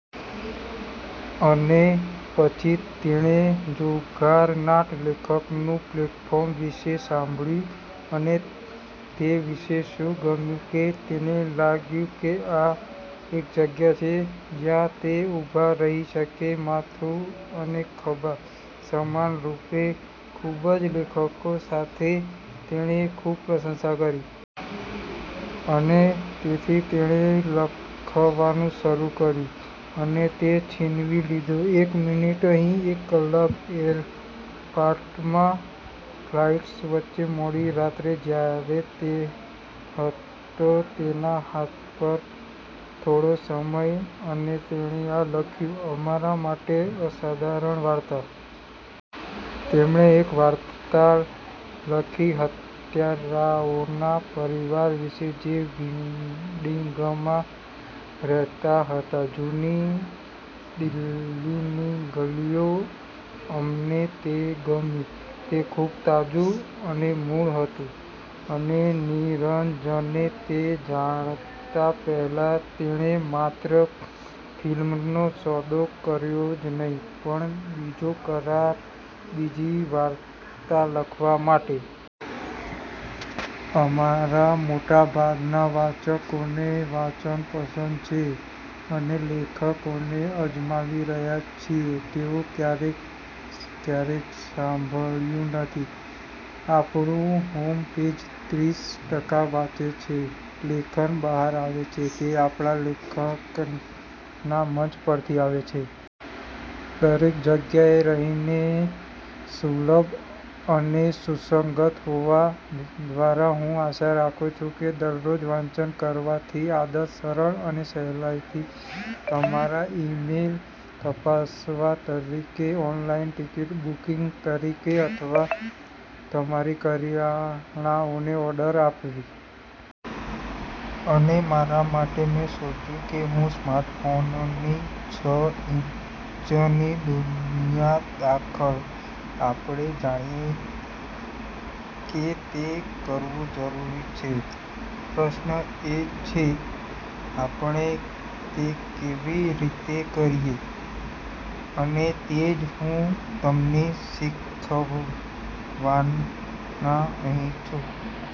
અને પછી તેણે જુગારનાટ લેખકનું પ્લેટફોર્મ વિશે સાંભળ્યું. અને તેને તે વિશે શું ગમ્યું કે તેને લાગ્યું કે આ એક જગ્યા છે જ્યાં તે ઉભા રહી શકે માથું અને ખભા, સમાનરૂપે, ખૂબ જ લેખકો સાથે કે તેણે ખૂબ પ્રશંસા કરી. અને તેથી તેણે લખવાનું શરૂ કર્યું. અને તે છીનવી લીધો એક મિનિટ અહીં, એક કલાક, એરપોર્ટમાં ફ્લાઇટ્સ વચ્ચે, મોડી રાત્રે, જ્યારે તે હતો તેના હાથ પર થોડો સમય. અને તેણે આ લખ્યું અમારા માટે અસાધારણ વાર્તા. તેમણે એક વાર્તા લખી હત્યારાઓના પરિવાર વિશે જે વિન્ડિંગમાં રહેતા હતા જૂની દિલ્હીની ગલીઓ. અમને તે ગમ્યું, તે ખૂબ તાજું અને મૂળ હતું. અને નીરજને તે જાણતા પહેલા, તેણે માત્ર ફિલ્મનો સોદો કર્યો જ નહીં પણ બીજો કરાર બીજી વાર્તા લખવા માટે. અમારા મોટાભાગના વાચકોને વાંચન પસંદ છે અને લેખકોને અજમાવી રહ્યા છીએ તેઓ ક્યારેય ક્યારેય સાંભળ્યું નથી. આપણું હોમ પેજ ત્રીસ ટકા વાંચે છે લેખન બહાર આવે છે તે આપણા લેખકના મંચ પરથી આવે છે. દરેક જગ્યાએ રહીને, સુલભ અને સુસંગત હોવા દ્વારા, હું આશા રાખું છું કે દરરોજ વાંચન કરવાની આદત, સરળ અને સહેલાઇથી તમારા ઇમેઇલ તપાસવા તરીકે, ઓનલાઇન ટિકિટ બુકિંગ તરીકે અથવા તમારી કરિયાણાઓને ઓર્ડર આપવી. અને મારા માટે, મે શોધ્યું કે હું સ્માર્ટફોનની છ ઇંચની દુનિયા દાખલ। આપણે જાણીએ કે તે કરવું જરૂરી છે. પ્રશ્ન એ છે: આપણે તે કેવી રીતે કરીએ? અને તેજ હું તમને શીખવવાના અહીં છું.